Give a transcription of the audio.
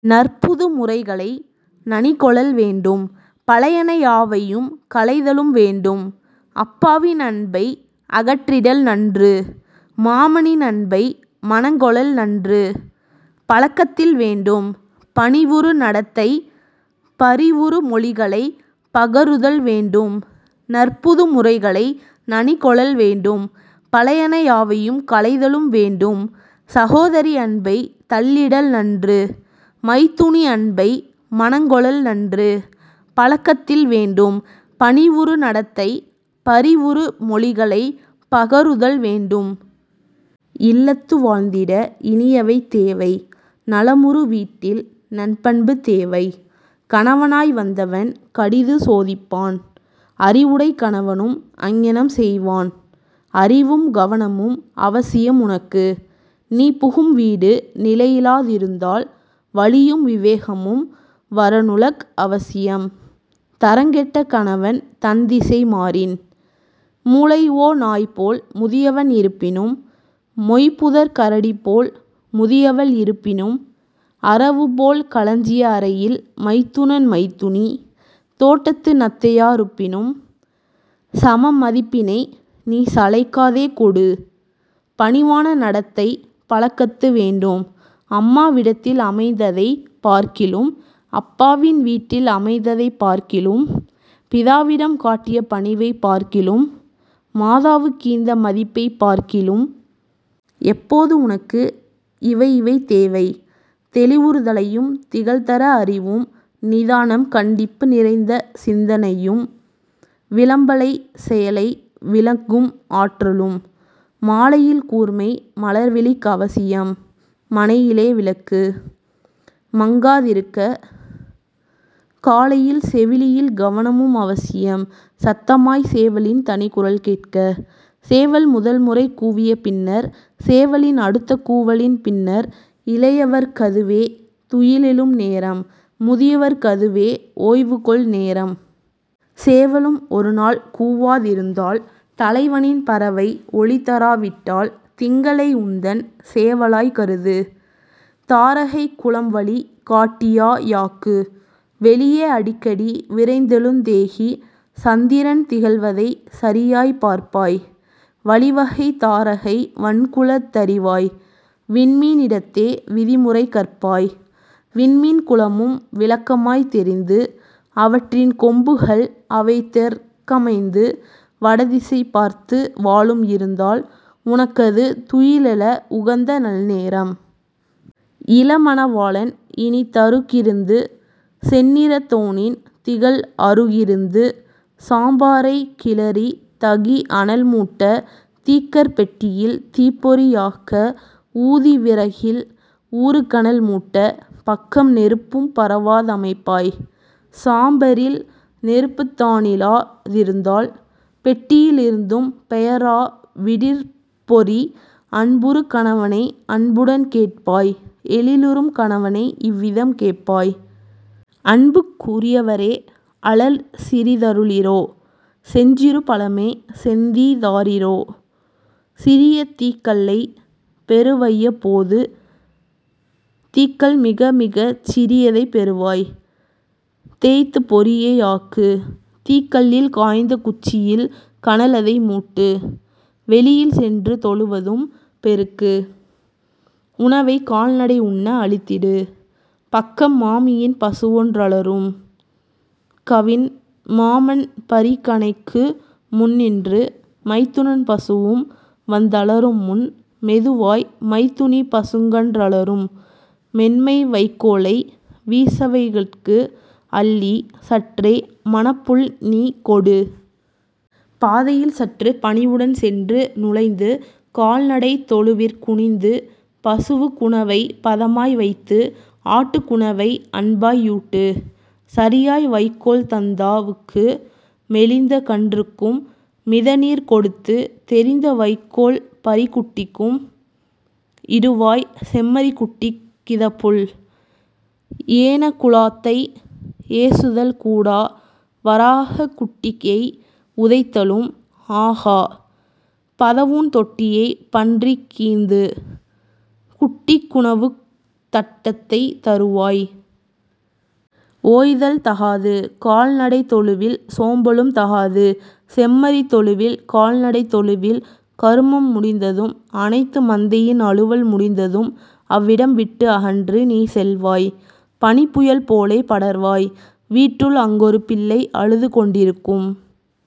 நற்புது முறைகளை நனிகொளல் வேண்டும் பழையன யாவையும் களைதலும் வேண்டும் அப்பாவின் அன்பை அகற்றிடல் நன்று மாமனின் அன்பை மனங்கொளல் நன்று பழக்கத்தில் வேண்டும் பணிவுறு நடத்தை பரிவுறு மொழிகளைப் பகருதல் வேண்டும். நற்புது முறைகளை நனிகொளல் வேண்டும் பழையன யாவையும் களைதலும் வேண்டும் சகோதரி அன்பைத் தள்ளிடல் நன்று மைத்துனி அன்பை மனங்கொளல் நன்று பழக்கத்தில் வேண்டும் பணிவுறு நடத்தை பரிவுறு மொழிகளைப் பகருதல் வேண்டும். இல்லத்து வாழ்ந்திட இனியவை தேவை நலமுறு வீட்டில் நன்பண்பு தேவை கணவனாய் வந்தவன் கடிதுசோ திப்பான் அறிவுடைக் கணவனும் அங்ஙனம் செய்வான். அறிவும் கவனமும் அவசியம் உனக்கு நீபுகும் வீடு நிலையிலா திருந்தால் வலியும் விவேகமும் வரனுலக் அவசியம் தரங்கெட்ட கணவன் தன்திசை மாறின். மூலைஓ நாய்போல் முதியவன் இருப்பினும் மொய்புதர்க் கரடிபோல் முதியவள் இருப்பினும் அரவுபோல் களஞ்சிய அறையில் மைத்துனன் மைத்துனி தோட்டத்து நத்தையா யிருப்பினும் சமமதிப் பினைநீ சளைக்கா தேகொடு பணிவான நடத்தை பழக்கத்து வேண்டும் அம்மா விடத்தில் அமைந்ததைப் பார்க்கிலும் அப்பாவின் வீட்டில் அமைந்ததைப் பார்க்கிலும் பிதாவிடம் காட்டிய பணிவைப் பார்க்கிலும் மாதாவுக் கீந்த மதிப்பைப் பார்க்கிலும். எப்போது உனக்கு இவையிவை தேவை தெளிவுறு தலையும் திகழ்தர அறிவும் நிதானம் கண்டிப்பு நிறைந்தசிந் தனையும் விளம்பலைச் செயலை விளங்கும் ஆற்றலும். மாலையில் கூர்மை மலர்விழிக் அவசியம் மனையிலே விளக்கு மங்கா திருக்க காலையில் செவியில் கவனமும் அவசியம் சத்தமாய்ச் சேவலின் தனிக்குரல் கேட்க. சேவல் முதல்முறை கூவிய பின்னர் சேவலின் அடுத்த கூவலின் பின்னர் இளையவர்க் கதுவே துயிலெழும் நேரம் முதியவர்க் கதுவே ஓய்வுகொள் நேரம். சேவலும் ஒருநாள் கூவா திருந்தால் தலைவனின் பறவை ஒலிதரா விட்டால் திங்களை உந்தன் சேவலாய்க் கருது தாரகைக் குலம்வழி காட்டியா யாக்கு. வெளியே அடிக்கடி விரைந்தெழுந் தேகி சந்திரன் திகழ்வதைச் சரியாய்ப் பார்ப்பாய் வழிவகை தாரகை வண்குலத் தறிவாய் விண்மீ னிடத்தே விதிமுறை கற்பாய். விண்மீன் குலமும் விளக்கமாய்த் தெரிந்து அவற்றின் கொம்புகள் அவைதெற் கமைந்து வடதிசை பார்த்து வாலும் இருந்தால் உனக்கது துயிலெழ உகந்தநல் நேரம். இளமண வாளன் இனிதரு கிருந்து செந்நிறத் தோனின் திகழ்அரு கிருந்து சாம்பரைக் கிளறித் தகிஅனல் மூட்ட தீக்கற் பெட்டியில் தீப்பொறி யாக்க ஊதி விறகில் ஊறுகனல் மூட்ட பக்கம் நெருப்பும் பரவா தமைப்பாய். சாம்பரில் நெருப்புத் தானிலா திருந்தால் பெட்டியி லிருந்தும் பெயரா விடிற்பொறி அன்புறு கணவனை அன்புடன் கேட்பாய் எழிலுறும் கணவனை இவ்விதம் கேட்பாய். அன்புக் உரியவரே அழல்சிறி தருளிரோ செஞ்சிறு பழமே செந்தீ தாரிரோ. சிறியதீக் கல்லைப் பெறுவையப் போது தீக்கல் மிகமிகச் சிறியதைப் பெறுவாய் தேய்த்துப் பொறியை ஆக்குதீக் கல்லில் காய்ந்த குச்சியில் கனலதை மூட்டு. வெளியில் சென்று தொழுவதும் பெருக்கு உணவைக் கால்நடை உண்ண அளித்திடு. பக்கம் மாமியின் பசுவொன் றலறும் கவின்மா மன்பரி கனைக்குமுன் னின்று மைத்துனன் பசுவும் வந்த லறும்முன் மெதுவாய் மைத்துனி பசுக்கன் றலறும் மென்மைவைக் கோலை வீசவை கட்கு அள்ளிச் சற்றே மணப்புல் நீகொடு. பாதையில் சற்றுப் பணிவுடன் சென்று நுழைந்து கால்நடைத் தொழுவிற் குனிந்து பசுவுக் உணவைப் பதமாய் வைத்து ஆட்டுக் குணவை அன்பா யூட்டு. சரியாய் வைக்கோல் தந்தா வுக்கு மெலிந்தகன் றுக்கும் மிதநீர் கொடுத்து தெரிந்த வைக்கோல் பரிக்குட் டிக்கும் இடுவாய் செம்மறிக் குட்டிக் கிதப்புல். ஏனக் குழாத்தை ஏசுதல் கூடா வராகக் குட்டியை உதைத்தலும் ஆகா பதவூண் தொட்டியைப் பன்றிக் ஈந்து குட்டிக் குணவுத் தட்டத்தைத் தருவாய். ஓய்தல் தகாது கால்நடைத் தொழுவில் சோம்பலும் தகாது செம்மறித் தொழுவில் கால்நடைத் தொழுவில் கருமம் முடிந்ததும் அனைத்து மந்தையின் அலுவல் முடிந்ததும் அவ்விடம் விட்டு அகன்றுநீ செல்வாய் பனிப்புயல் போலே படர்வாய் வீட்டுள் அங்கொரு பிள்ளை அழுதுகொண் டிருக்கும்.